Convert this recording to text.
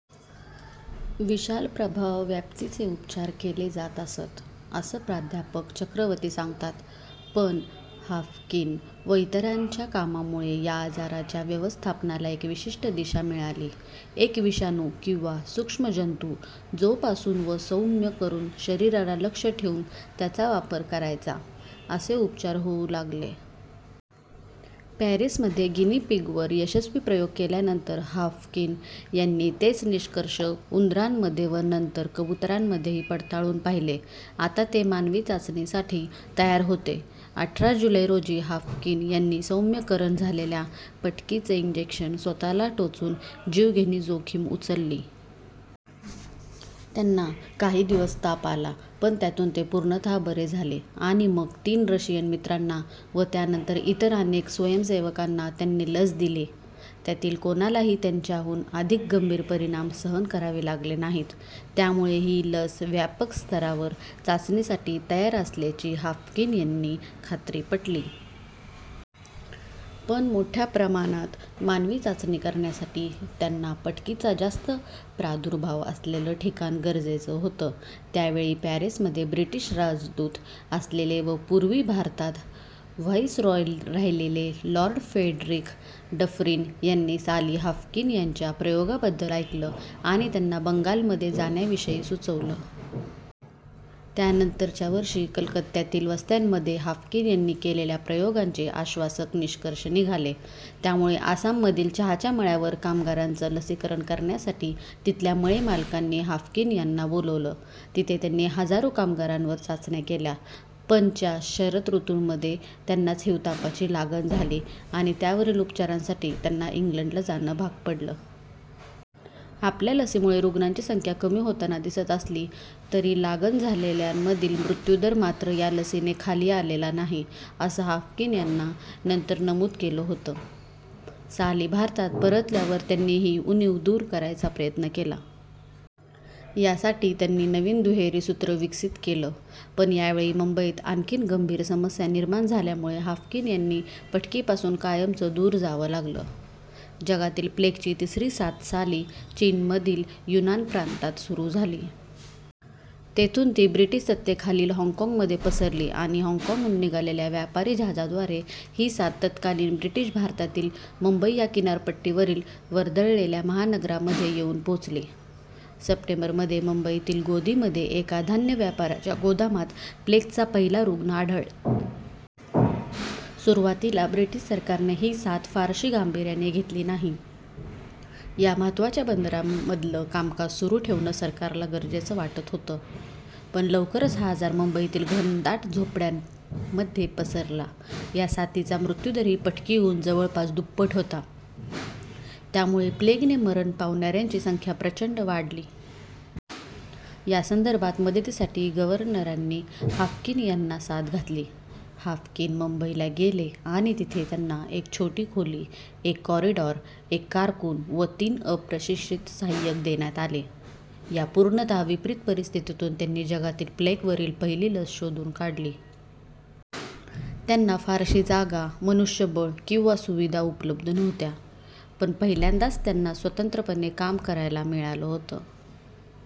विशाल प्रभावव्याप्तीचे उपचार केले जात असत, असं प्राध्यापक चक्रवर्ती सांगतात पण हाफकिन व इतरांच्या कामामुळे या आजाराच्या व्यवस्थापनाला एक विशिष्ट दिशा मिळाली एक विषाणू किंवा सूक्ष्म जंतू जोपासून व सौम्य करून शरीराला लक्ष्य ठेवून त्याचा वापर करायचा, असे उपचार होऊ लागले. पॅरिसमध्ये गिनी पिगवर यशस्वी प्रयोग केल्यानंतर हाफकिन यांनी तेच निष्कर्ष उंदरांमध्ये व नंतर कबुतरांमध्येही पडताळून पाहिले. आता ते मानवी चाचणीसाठी तयार होते. अठरा जुलै रोजी हाफकिन यांनी सौम्यकरण झालेल्या पटकीचं इंजेक्शन स्वतःला टोचून जीवघेणी जोखीम उचलली. त्यांना काही दिवस ताप आला, पण त्यातून ते पूर्णतः बरे झाले, आणि मग तीन रशियन मित्रांना व त्यानंतर इतर अनेक स्वयंसेवकांना त्यांनी लस दिली. त्यातील कोणालाही त्यांच्याहून अधिक गंभीर परिणाम सहन करावे लागले नाहीत, त्यामुळे ही लस व्यापक स्तरावर चाचणीसाठी तयार असल्याची हाफकिन यांची खात्री पटली. पण मोठ्या प्रमाणात मानवी चाचणी करण्यासाठी त्यांना पटकीचा जास्त प्रादुर्भाव असलेलं ठिकाण गरजेचं होतं. त्या वेळी पॅरिसमध्ये ब्रिटिश राजदूत असलेले व पूर्वी भारतात व्हाइसरॉय राहिलेले लॉर्ड फ्रेडरिख डफरीन यांनी साली हाफकिन यांच्या प्रयोगांबद्दल ऐकलं आणि त्यांना बंगालमध्ये जाण्याविषयी सुचवलं. त्यानंतरच्या वर्षी कलकत्त्यातील वस्त्यांमध्ये हाफकिन यांनी केलेल्या प्रयोगांचे आश्वासक निष्कर्ष निघाले, त्यामुळे आसाममधील चहाच्या मळ्यांवर कामगारांचं लसीकरण करण्यासाठी तिथल्या मळेमालकांनी हाफकिन यांना बोलावलं. तिथे त्यांनी हजारो कामगारांवर चाचण्या केल्या, पण च्या शरद ऋतूमध्ये त्यांनाच हिवतापाची लागण झाली आणि त्यावरील उपचारांसाठी त्यांना इंग्लंडला जाणं भाग पडलं. आपल्या लसीमुळे रुग्णांची संख्या कमी होताना दिसत असली, तरी लागण झालेल्यांमधील मृत्युदर मात्र या लसीने खाली आलेला नाही, असं हाफकिन यांनी नंतर नमूद केलं होतं. साली भारतात परतल्यावर त्यांनी ही उणीव दूर करायचा प्रयत्न केला. यासाठी त्यांनी नवीन दुहेरी सूत्र विकसित केलं. पण या वेळी मुंबईत आणखी गंभीर समस्या निर्माण झाल्यामुळे हाफकिन यांनी पटकीपासून कायमचं दूर जावं लागलं. जगातील प्लेगची तिसरी साथ साली चीनमधील युनान प्रांतात सुरू झाली. तिथून ती ब्रिटिश सत्तेखालील हाँगकाँगमध्ये पसरली आणि हाँगकाँगहून निघालेल्या व्यापारी जहाजाद्वारे ही साथ तत्कालीन ब्रिटिश भारतातील मुंबई या किनारपट्टीवरील वर्दळलेल्या महानगरामध्ये येऊन पोहोचली. सप्टेंबर मध्ये मुंबईतील गोदीमध्ये एका धान्य व्यापाराच्या गोदामात प्लेगचा पहिला रुग्ण आढळला. सुरुवातीला ब्रिटिश सरकारने ही साथ फारशी गांभीऱ्याने घेतली नाही. या महत्त्वाच्या बंदरामधलं कामकाज सुरू ठेवणं सरकारला गरजेचं वाटत होतं. पण लवकरच हा आजार मुंबईतील घनदाट झोपडपट्ट्यांमध्ये पसरला या साथीचा मृत्युदर पटकीहून जवळपास दुप्पट होता, त्यामुळे प्लेगने मरण पावणाऱ्यांची संख्या प्रचंड वाढली. या संदर्भात मदतीसाठी गव्हर्नरांनी हाफकिन यांना साद घातली. हाफकिन मुंबईला गेले आणि तिथे त्यांना एक छोटी खोली, एक कॉरिडॉर, एक कारकून व तीन अप्रशिक्षित सहायक देण्यात आले. या पूर्णतः विपरित परिस्थितून त्यांनी जगातील प्लेगवरील पहिली लस शोधून काढली. त्यांना फारशी जागा, मनुष्यबळ किंवा सुविधा उपलब्ध नव्हत्या, पण पहिल्यांदाच त्यांना स्वतंत्रपणे काम करायला मिळालं होतं